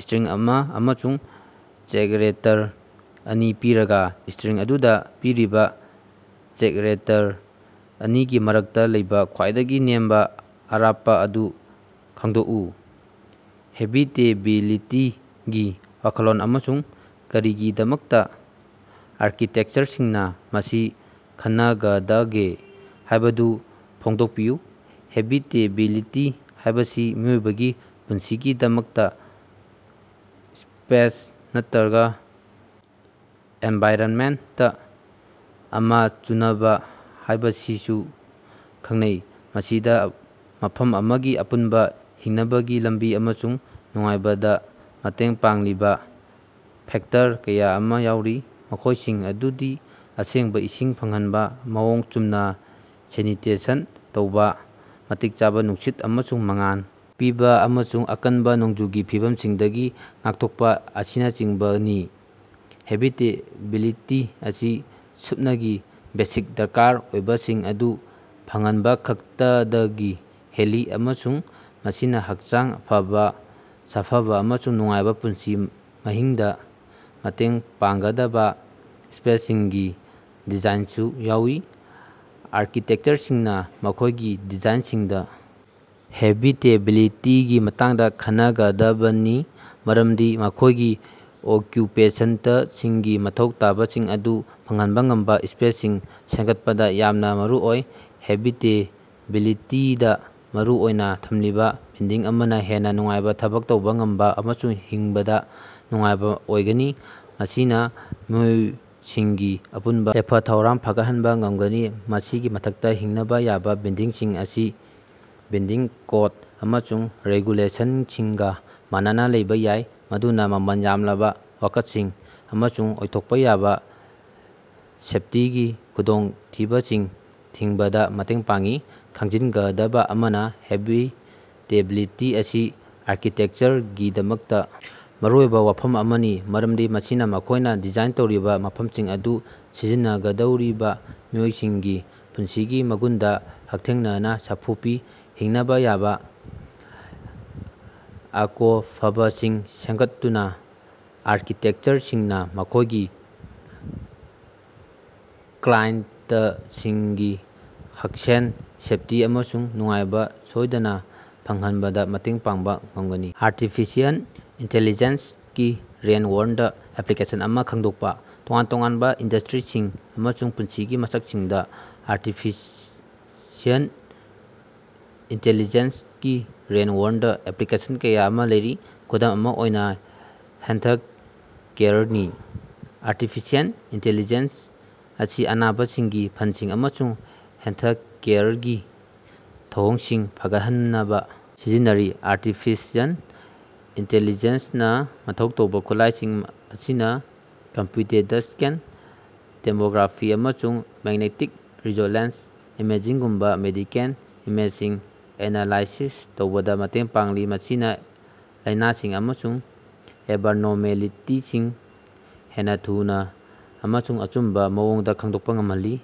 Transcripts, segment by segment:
String ꯑꯃ ꯑꯃꯁꯨꯡ character ꯑꯅꯤ ꯄꯤꯔꯒ, ꯁ꯭ꯇꯔꯤꯡ ꯑꯗꯨꯗ ꯄꯤꯔꯤꯕ ꯆꯦꯛꯔꯦꯇꯔ ꯑꯅꯤꯒꯤ ꯃꯔꯛꯇ ꯂꯩꯕ ꯈ꯭ꯋꯥꯏꯗꯒꯤ ꯅꯦꯝꯕ ꯑꯔꯥꯞꯄ ꯑꯗꯨ ꯈꯪꯗꯣꯛꯎ꯫ "ꯍꯦꯕꯤꯇꯦꯕꯤꯂꯤꯇꯤ"ꯒꯤ ꯋꯥꯈꯜꯂꯣꯟ ꯑꯃꯁꯨꯡ ꯀꯔꯤꯒꯤꯗꯃꯛꯇ ꯑꯥꯔꯀꯤꯇꯦꯛꯆꯔꯁꯤꯡꯅ ꯃꯁꯤ ꯈꯟꯅꯒꯗꯒꯦ ꯍꯥꯏꯕꯗꯨ ꯐꯣꯡꯗꯣꯛꯄꯤꯌꯨ꯫ ꯍꯦꯕꯤꯇꯦꯕꯤꯂꯤꯇꯤ ꯍꯥꯏꯕꯁꯤ ꯃꯤꯑꯣꯏꯕꯒꯤ ꯄꯨꯟꯁꯤꯒꯤꯗꯃꯛꯇ ꯁ꯭ꯄꯦꯁ ꯅꯠꯇ꯭ꯔꯒ ꯑꯦꯟꯚꯥꯏꯔꯟꯃꯦꯟꯇ ꯑꯃ ꯆꯨꯅꯕ ꯍꯥꯏꯕꯁꯤꯕꯨ ꯈꯪꯅꯩ꯫ ꯃꯁꯤꯗ ꯃꯐꯝ ꯑꯃꯒꯤ ꯑꯄꯨꯟꯕ ꯍꯤꯡꯅꯕꯒꯤ ꯂꯝꯕꯤ ꯑꯃꯁꯨꯡ ꯅꯨꯡꯉꯥꯏꯕꯗ ꯃꯇꯦꯡ ꯄꯥꯡꯂꯤꯕ ꯐꯦꯛꯇꯔ ꯀꯌꯥ ꯑꯃ ꯌꯥꯎꯔꯤ, ꯃꯈꯣꯏꯁꯤꯡ ꯑꯗꯨꯗꯤ ꯑꯁꯦꯡꯕ ꯏꯁꯤꯡ ꯐꯪꯍꯟꯕ, ꯃꯑꯣꯡ ꯆꯨꯝꯅ ꯁꯦꯅꯤꯇꯦꯁꯟ ꯇꯧꯕ, ꯃꯇꯤꯛ ꯆꯥꯕ ꯅꯨꯡꯁꯤꯠ ꯑꯃꯁꯨꯡ ꯃꯉꯥꯜ ꯄꯤꯕ, ꯑꯃꯁꯨꯡ ꯑꯀꯟꯕ ꯅꯣꯡꯖꯨꯒꯤ ꯐꯤꯕꯝꯁꯤꯡꯗꯒꯤ ꯉꯥꯛꯊꯣꯛꯄ ꯑꯁꯤꯅꯆꯤꯡꯕꯅꯤ꯫ ꯍꯦꯕꯤꯇꯦꯕꯤꯂꯤꯇꯤ ꯑꯁꯤ ꯁꯨꯞꯅꯒꯤ ꯕꯦꯁꯤꯛ ꯗꯔꯀꯥꯔ ꯑꯣꯏꯕꯁꯤꯡ ꯑꯗꯨ ꯐꯪꯍꯟꯕꯈꯛꯇꯗꯒꯤ ꯍꯦꯜꯂꯤ ꯑꯃꯁꯨꯡ ꯃꯁꯤꯅ ꯍꯛꯆꯥꯡ ꯐꯕ, ꯁꯥꯐꯕ ꯑꯃꯁꯨꯡ ꯅꯨꯡꯉꯥꯏꯕ ꯄꯨꯟꯁꯤ ꯃꯍꯤꯡꯗ ꯃꯇꯦꯡ ꯄꯥꯡꯒꯗꯕ ꯁ꯭ꯄꯦꯁꯁꯤꯡꯒꯤ ꯗꯤꯖꯥꯏꯟꯁꯨ ꯌꯥꯎꯏ꯫ ꯑꯥꯔꯀꯤꯇꯦꯛꯆꯔꯁꯤꯡꯅ ꯃꯈꯣꯏꯒꯤ ꯗꯤꯖꯥꯏꯟꯁꯤꯡꯗ ꯍꯦꯕꯤꯇꯦꯕꯤꯂꯤꯇꯤꯒꯤ ꯃꯇꯥꯡꯗ ꯈꯟꯅꯒꯗꯕꯅꯤ ꯃꯔꯝꯗꯤ ꯃꯈꯣꯏꯒꯤ ꯑꯣꯀ꯭ꯌꯨꯄꯦꯁꯟꯇꯁꯤꯡꯒꯤ ꯃꯊꯧ ꯇꯥꯕꯁꯤꯡ ꯑꯗꯨ ꯐꯪꯍꯟꯕ ꯉꯝꯕ ꯁ꯭ꯄꯦꯁꯁꯤꯡ ꯁꯦꯝꯒꯠꯄꯗ ꯌꯥꯝꯅ ꯃꯔꯨꯑꯣꯏ꯫ ꯍꯦꯕꯤꯇꯦꯕꯤꯂꯤꯇꯤꯗ ꯃꯔꯨ ꯑꯣꯏꯅ ꯊꯝꯂꯤꯕ ꯕꯤꯜꯗꯤꯡ ꯑꯃꯅ ꯍꯦꯟꯅ ꯅꯨꯡꯉꯥꯏꯕ, ꯊꯕꯛ ꯇꯧꯕ ꯉꯝꯕ ꯑꯃꯁꯨꯡ ꯍꯤꯡꯕꯗ ꯅꯨꯡꯉꯥꯏꯕ ꯑꯣꯏꯒꯅꯤ, ꯃꯁꯤꯅ ꯃꯤꯑꯣꯏꯁꯤꯡꯒꯤ ꯑꯄꯨꯟꯕ ꯌꯥꯏꯐ-ꯊꯧꯔꯥꯡ ꯐꯒꯠꯍꯟꯕ ꯉꯝꯒꯅꯤ꯫ ꯃꯁꯤꯒꯤ ꯃꯊꯛꯇ ꯍꯤꯡꯅꯕ ꯌꯥꯕ ꯕꯤꯜꯗꯤꯡꯁꯤꯡ ꯑꯁꯤ ꯕꯤꯜꯗꯤꯡ ꯀꯣꯗ ꯑꯃꯁꯨꯡ ꯔꯦꯒꯨꯂꯦꯁꯟꯁꯤꯡꯒ ꯃꯥꯟꯅꯅ ꯂꯩꯕ ꯌꯥꯏ, ꯃꯗꯨꯅ ꯃꯃꯜ ꯌꯥꯝꯂꯕ ꯋꯥꯀꯠꯁꯤꯡ ꯑꯃꯁꯨꯡ ꯑꯣꯏꯊꯣꯛꯄ ꯌꯥꯕ ꯁꯦꯐꯇꯤꯒꯤ ꯈꯨꯗꯣꯡꯊꯤꯕꯁꯤꯡ ꯊꯤꯡꯕꯗ ꯃꯇꯦꯡ ꯄꯥꯡꯏ꯫ ꯈꯪꯖꯤꯟꯒꯗꯕ ꯑꯃꯅ, ꯍꯦꯕꯤꯇꯦꯕꯤꯂꯤꯇꯤ ꯑꯁꯤ ꯑꯥꯔꯀꯤꯇꯦꯛꯆꯔꯒꯤꯗꯃꯛꯇ ꯃꯔꯨꯑꯣꯏꯕ ꯋꯥꯐꯝ ꯑꯃꯅꯤ ꯃꯔꯝꯗꯤ ꯃꯁꯤꯅ ꯃꯈꯣꯏꯅ ꯗꯤꯖꯥꯏꯟ ꯇꯧꯔꯤꯕ ꯃꯐꯝꯁꯤꯡ ꯑꯗꯨ ꯁꯤꯖꯤꯟꯅꯒꯗꯧꯔꯤꯕ ꯃꯤꯑꯣꯏꯁꯤꯡꯒꯤ ꯄꯨꯟꯁꯤꯒꯤ ꯃꯒꯨꯟꯗ ꯍꯛꯊꯦꯡꯅꯅ ꯁꯥꯐꯨ ꯄꯤ꯫ ꯍꯤꯡꯅꯕ ꯌꯥꯕ ꯑꯀꯣꯐꯕꯁꯤꯡ ꯁꯦꯝꯒꯠꯇꯨꯅ ꯑꯥꯔꯀꯤꯇꯦꯛꯆꯔꯁꯤꯡꯅ ꯃꯈꯣꯏꯒꯤ ꯀ꯭ꯂꯥꯏꯟꯇꯁꯤꯡꯒꯤ ꯍꯛꯁꯦꯜ, ꯁꯦꯐꯇꯤ ꯑꯃꯁꯨꯡ ꯅꯨꯡꯉꯥꯏꯕ ꯁꯣꯏꯗꯅ ꯐꯪꯍꯟꯕꯗ ꯃꯇꯦꯡ ꯄꯥꯡꯕ ꯉꯝꯒꯅꯤ꯫ ꯑꯥꯔꯇꯤꯐꯤꯁ꯭ꯌꯜ ꯏꯟꯇꯦꯂꯤꯖꯦꯟꯁ ꯀꯤ ꯔꯦꯟ-ꯋꯥꯔꯜꯗ ꯑꯦꯄ꯭ꯂꯤꯀꯦꯁꯟ ꯑꯃ ꯈꯪꯗꯣꯛꯄ꯫ ꯇꯣꯉꯥꯟ-ꯇꯣꯉꯥꯟꯕ ꯏꯟꯗꯁꯇ꯭ꯔꯤꯁꯤꯡ ꯑꯃꯁꯨꯡ ꯄꯨꯟꯁꯤꯒꯤ ꯃꯁꯛꯁꯤꯡꯗ ꯑꯥꯔꯇꯤꯐꯤꯁ꯭ꯌꯜ ꯏꯟꯇꯦꯂꯤꯖꯦꯟꯁ ꯒꯤ ꯔꯦꯟ-ꯋꯥꯔꯜꯗ ꯑꯦꯄ꯭ꯂꯤꯀꯦꯁꯟ ꯀꯌꯥ ꯑꯃ ꯂꯩꯔꯤ꯫ ꯈꯨꯗꯝ ꯑꯃ ꯑꯣꯏꯅ ꯍꯦꯜꯊꯀꯦꯌꯔꯅꯤ: ꯑꯥꯔꯇꯤꯐꯤꯁꯤꯑꯦꯜ ꯏꯟꯇꯤꯂꯤꯖꯦꯟꯁ ꯑꯁꯤ ꯑꯅꯥꯕꯁꯤꯡꯒꯤ ꯐꯜꯁꯤꯡ ꯑꯃꯁꯨꯡ ꯍꯦꯜꯊꯀꯦꯌꯔꯒꯤ ꯊꯧꯑꯣꯡꯁꯤꯡ ꯐꯒꯠꯍꯟꯅꯕ ꯁꯤꯖꯤꯟꯅꯔꯤ꯫ ꯑꯥꯔꯇꯤꯐꯤꯁ꯭ꯌꯜ ꯏꯟꯇꯦꯂꯤꯖꯦꯟꯁꯅ ꯃꯊꯧ ꯇꯧꯕ ꯈꯨꯠꯂꯥꯏꯁꯤꯡ ꯑꯁꯤꯅ ꯀꯝꯄ꯭ꯌꯨꯇꯦꯗꯁ꯭ꯀꯦꯟ ꯇꯦꯃꯣꯒ꯭ꯔꯥꯐꯤ ꯑꯃꯁꯨꯡ ꯃꯦꯛꯅꯦꯇꯤꯛ ꯔꯤꯖꯣꯂꯦꯟꯁ ꯏꯃꯦꯓꯤꯡ ꯒꯨꯝꯕ ꯃꯦꯗꯤꯀꯦꯜ ꯏꯃꯦꯖꯁꯤꯡ ꯑꯦꯅꯂꯥꯏꯁꯤꯁ ꯇꯧꯕꯗ ꯃꯇꯦꯡ ꯄꯥꯡꯂꯤ, ꯃꯁꯤꯅ ꯂꯥꯏꯅꯥꯁꯤꯡ ꯑꯃꯁꯨꯡ ꯑꯦꯕꯅꯣꯔꯃꯦꯂꯤꯇꯤꯁꯤꯡ ꯍꯦꯟꯅ ꯊꯨꯅ ꯑꯃꯁꯨꯡ ꯑꯆꯨꯝꯕ ꯃꯑꯣꯡꯗ ꯈꯪꯗꯣꯛꯄ ꯉꯝꯍꯜꯂꯤ꯫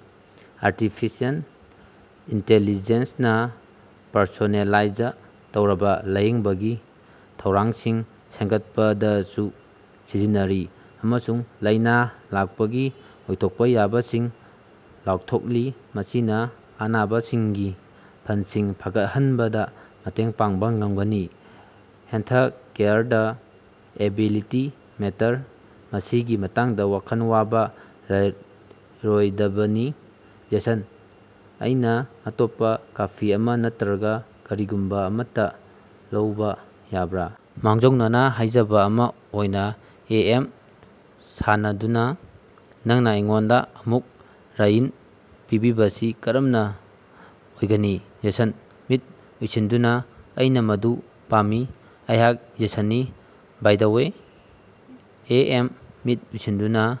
ꯑꯥꯔꯇꯤꯐꯤꯁ꯭ꯌꯜ ꯏꯟꯇꯦꯂꯤꯖꯦꯟꯁꯅ ꯄꯔꯁꯣꯅꯦꯂꯥꯏꯖ ꯇꯧꯔꯕ ꯂꯥꯌꯦꯡꯕꯒꯤ ꯊꯧꯔꯥꯡꯁꯤꯡ ꯁꯦꯝꯒꯠꯄꯗꯁꯨ ꯁꯤꯖꯤꯟꯅꯔꯤ ꯑꯃꯁꯨꯡ ꯂꯥꯏꯅꯥ ꯂꯥꯛꯄꯒꯤ ꯑꯣꯏꯊꯣꯛꯄ ꯌꯥꯕꯁꯤꯡ ꯂꯥꯎꯊꯣꯛꯂꯤ, ꯃꯁꯤꯅ ꯑꯅꯥꯕꯁꯤꯡꯒꯤ ꯐꯜꯁꯤꯡ ꯐꯒꯠꯍꯟꯕꯗ ꯃꯇꯦꯡ ꯄꯥꯡꯕ ꯉꯝꯒꯅꯤ꯫ ꯍꯦꯜꯊꯀꯦꯌꯔꯗ ꯑꯦꯕꯤꯂꯤꯇꯤ ꯃꯦꯇꯔ ꯃꯁꯤꯒꯤ ꯃꯇꯥꯡꯗ ꯋꯥꯈꯜ ꯋꯥꯕ ꯂꯩꯔꯣꯏꯗꯕꯅꯤ꯫ ꯖꯦꯁꯟ: ꯑꯩꯅ ꯑꯇꯣꯞꯄ ꯀꯐꯤ ꯑꯃ ꯅꯠꯇ꯭ꯔꯒ ꯀꯔꯤꯒꯨꯝꯕ ꯑꯃꯠꯇ ꯂꯧꯕ ꯌꯥꯕ꯭ꯔ? ꯃꯥꯡꯖꯧꯅꯅ ꯍꯥꯏꯖꯕ ꯑꯃ ꯑꯣꯏꯅ? ꯑꯦ. ꯑꯦꯝ.: (ꯁꯥꯟꯅꯗꯨꯅꯥ) ꯅꯪꯅ ꯑꯩꯉꯣꯟꯗ ꯑꯃꯨꯛ ꯔ꯭ꯏꯟ ꯄꯤꯕꯤꯕꯁꯤ ꯀꯔꯝꯅ ꯑꯣꯏꯒꯅꯤ? ꯖꯦꯁꯟ: (ꯃꯤꯠ ꯎꯏꯁꯤꯟꯗꯨꯅ) ꯑꯩꯅ ꯃꯗꯨ ꯄꯥꯝꯃꯤ꯫ ꯑꯩꯍꯥꯛ ꯖꯦꯁꯟꯅꯤ by the way. A. M.: (ꯃꯤꯠ ꯎꯏꯁꯤꯟꯗꯨꯅ)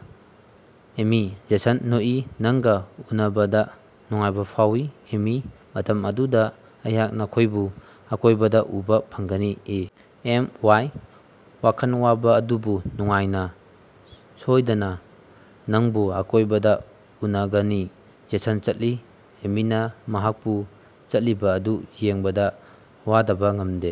ꯑꯦꯃꯤ꯫ ꯖꯦꯁꯟ: (ꯅꯣꯛꯏ) ꯅꯪꯒ ꯎꯅꯕꯗ ꯅꯨꯡꯉꯥꯏꯕ ꯐꯥꯎꯏ, ꯑꯦꯃꯤ꯫ ꯃꯇꯝ ꯑꯗꯨꯗ ꯑꯩꯍꯥꯛ ꯅꯈꯣꯏꯕꯨ ꯑꯀꯣꯏꯕꯗ ꯎꯕ ꯐꯪꯒꯅꯤ꯫ ꯑꯦ. ꯑꯦꯝ. ꯋꯥꯏ.: (ꯋꯥꯈꯜ ꯋꯥꯕ ꯑꯗꯨꯕꯨ ꯅꯨꯡꯉꯥꯏꯅ) ꯁꯣꯏꯗꯅ, ꯅꯪꯕꯨ ꯑꯀꯣꯏꯕꯗ ꯎꯅꯒꯅꯤ꯫ ꯖꯦꯁꯟ ꯆꯠꯂꯤ, ꯑꯦꯃꯤꯅ ꯃꯍꯥꯛꯄꯨ ꯆꯠꯂꯤꯕ ꯑꯗꯨ ꯌꯦꯡꯕꯗ ꯋꯥꯗꯕ ꯉꯝꯗꯦ꯫